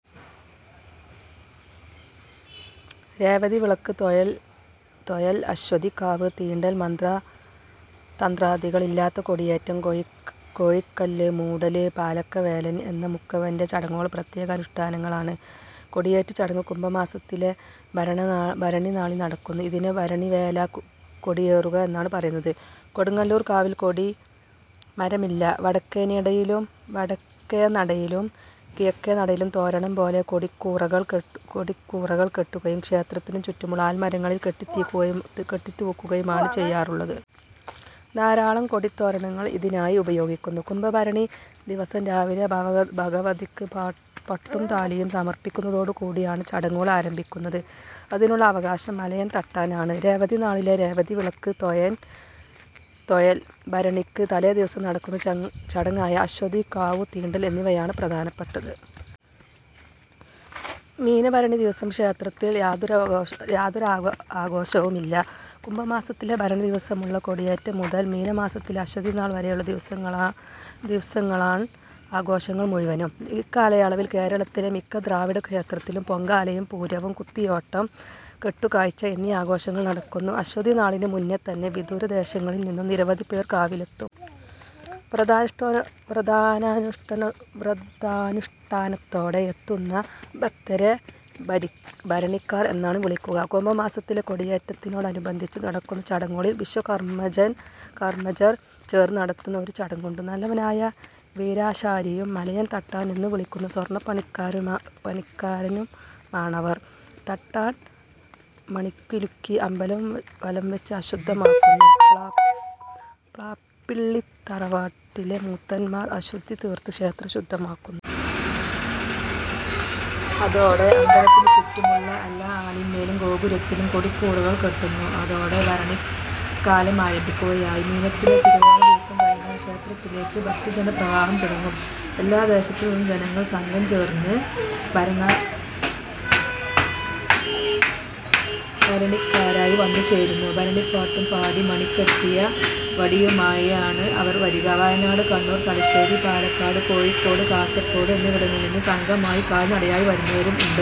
രേവതി വിളക്ക് തൊഴൽ, അശ്വതി കാവ് തീണ്ടൽ, മന്ത്രതന്ത്രാദികൾ ഇല്ലാത്ത കൊടിയേറ്റം, കോഴികല്ല് മൂടല്, പാലക്കവേലൻ എന്ന മുക്കുവന്റെ ചടങ്ങുകൾ പ്രത്യേക അനുഷ്ഠാനങ്ങളാണ്. കൊടിയേറ്റ് ചടങ്ങ് കുംഭമാസത്തിലെ ഭരണിനാളിൽ നടക്കുന്നു. ഇതിനെ ഭരണിവേല കൊടിയേറുക എന്നാണ് പറയുന്നത്. കൊടുങ്ങല്ലൂർ കാവിൽ കൊടിമരമില്ല. വടക്കേനടയിലും കിഴക്കേനടയിലും തോരണം പോലെ കൊടിക്കൂറകൾ കെട്ടുകയും ക്ഷേത്രത്തിനു ചുറ്റുമുള്ള ആൽമരങ്ങളിൽ കെട്ടിത്തൂക്കുകയുമാണ് ചെയ്യാറുള്ളത്. ധാരാളം കൊടിതോരണങ്ങൾ ഇതിനായി ഉപയോഗിക്കുന്നു. കുംഭ ഭരണി ദിവസം രാവിലെ ഭഗവതിക്ക് പട്ടും താലിയും സമർപ്പിക്കുന്നതോടുകൂടിയാണ് ചടങ്ങുകൾ ആരംഭിക്കുന്നത്. അതിനുള്ള അവകാശം മലയൻ തട്ടാനാണ്. രേവതി നാളിലെ "രേവതി വിളക്ക് തൊഴൽ", ഭരണിക്ക് തലേ ദിവസം നടക്കുന്ന ചടങ്ങായ അശ്വതീ കാവു തീണ്ടൽ എന്നിവയാണ് പ്രധാനപ്പെട്ടത്. മീനഭരണി ദിവസം ക്ഷേത്രത്തിൽ യാതൊരാഘോഷവുമില്ല. കുംഭമാസത്തിലെ ഭരണിദിവസമുള്ള കൊടിയേറ്റുമുതൽ മീനമാസത്തിലെ അശ്വതിനാൾ വരെയുള്ള ദിവസങ്ങളാൺ ആഘോഷങ്ങൾ മുഴുവനും. ഇക്കാലയളവിൽ കേരളത്തിലെ മിക്ക ദ്രാവിഡ ക്ഷേത്രങ്ങളിലും പൊങ്കാലയും, പൂരവും, കുത്തിയോട്ടം, കെട്ടുകാഴ്ച എന്നീ ആഘോഷങ്ങൾ നടക്കുന്നു. അശ്വതിനാളിനു മുന്നേ തന്നെ വിദൂരദേശങ്ങളിൽ നിന്നും നിരവധി പേർ കാവിലെത്തും. വ്രതാനുഷ്ടാ വ്രതാനുഷ്ടാന വ്രതാനുഷ്ടാനത്തോടെ എത്തുന്ന ഭക്തരെ ഭരണിക്കാർ എന്നാണ് വിളിക്കുക. കുംഭമാസത്തിലെ കൊടിയേറ്റിനോടനുബന്ധിച്ച് നടക്കുന്ന ചടങ്ങുകളിൽ വിശ്വകർമ്മജർ ചേർന്ന് നടത്തുന്ന ഒരു ചടങ്ങുണ്ട്. നല്ലവനായ വീരാശാരിയും മലയൻ തട്ടാൻ എന്നു വിളിക്കുന്ന സ്വര്ണപ്പണിക്കാരനുമാണവർ. തട്ടാൻ മണികിലുക്കി അമ്പലം വലം വെച്ച് അശുദ്ധമാക്കുന്നു. പ്ലാപ്പിള്ളിത്തറവാട്ടിലെ മൂത്തന്മാർ അശുദ്ധിതീർത്ത് ക്ഷേത്രം ശുദ്ധമാക്കുന്നു. അതോടെ അമ്പലത്തിനു ചുറ്റുമുള്ള എല്ലാ ആലിന്മേലും ഗോപുരത്തിലും കൊടിക്കൂറകൾ കെട്ടുന്നു. അതോടെ ഭരണിക്കാലം ആരംഭിക്കുകയായി. മീനത്തിലെ തിരുവോണദിവസം കഴിഞ്ഞാൽ ക്ഷേത്രത്തിലേക്ക് ഭക്തജനപ്രവാഹം തുടങ്ങും. എല്ലാദേശത്തു നിന്നും ജനങ്ങൾ സംഘം ചേർന്ന് ഭരണിക്കാരായി വന്നു ചേരുന്നു. ഭരണിപ്പാട്ടും പാടി മണികെട്ടിയ വടിയുമായാണ് അവർ വരിക. വയനാട്, കണ്ണൂർ, തലശ്ശേരി, പാലക്കാട്, കോഴിക്കോട്, കാസർകോട് എന്നിവടങ്ങളിൽ നിന്ന് സംഘമായി കാൽനടയായി വരുന്നവരും ഉണ്ട്.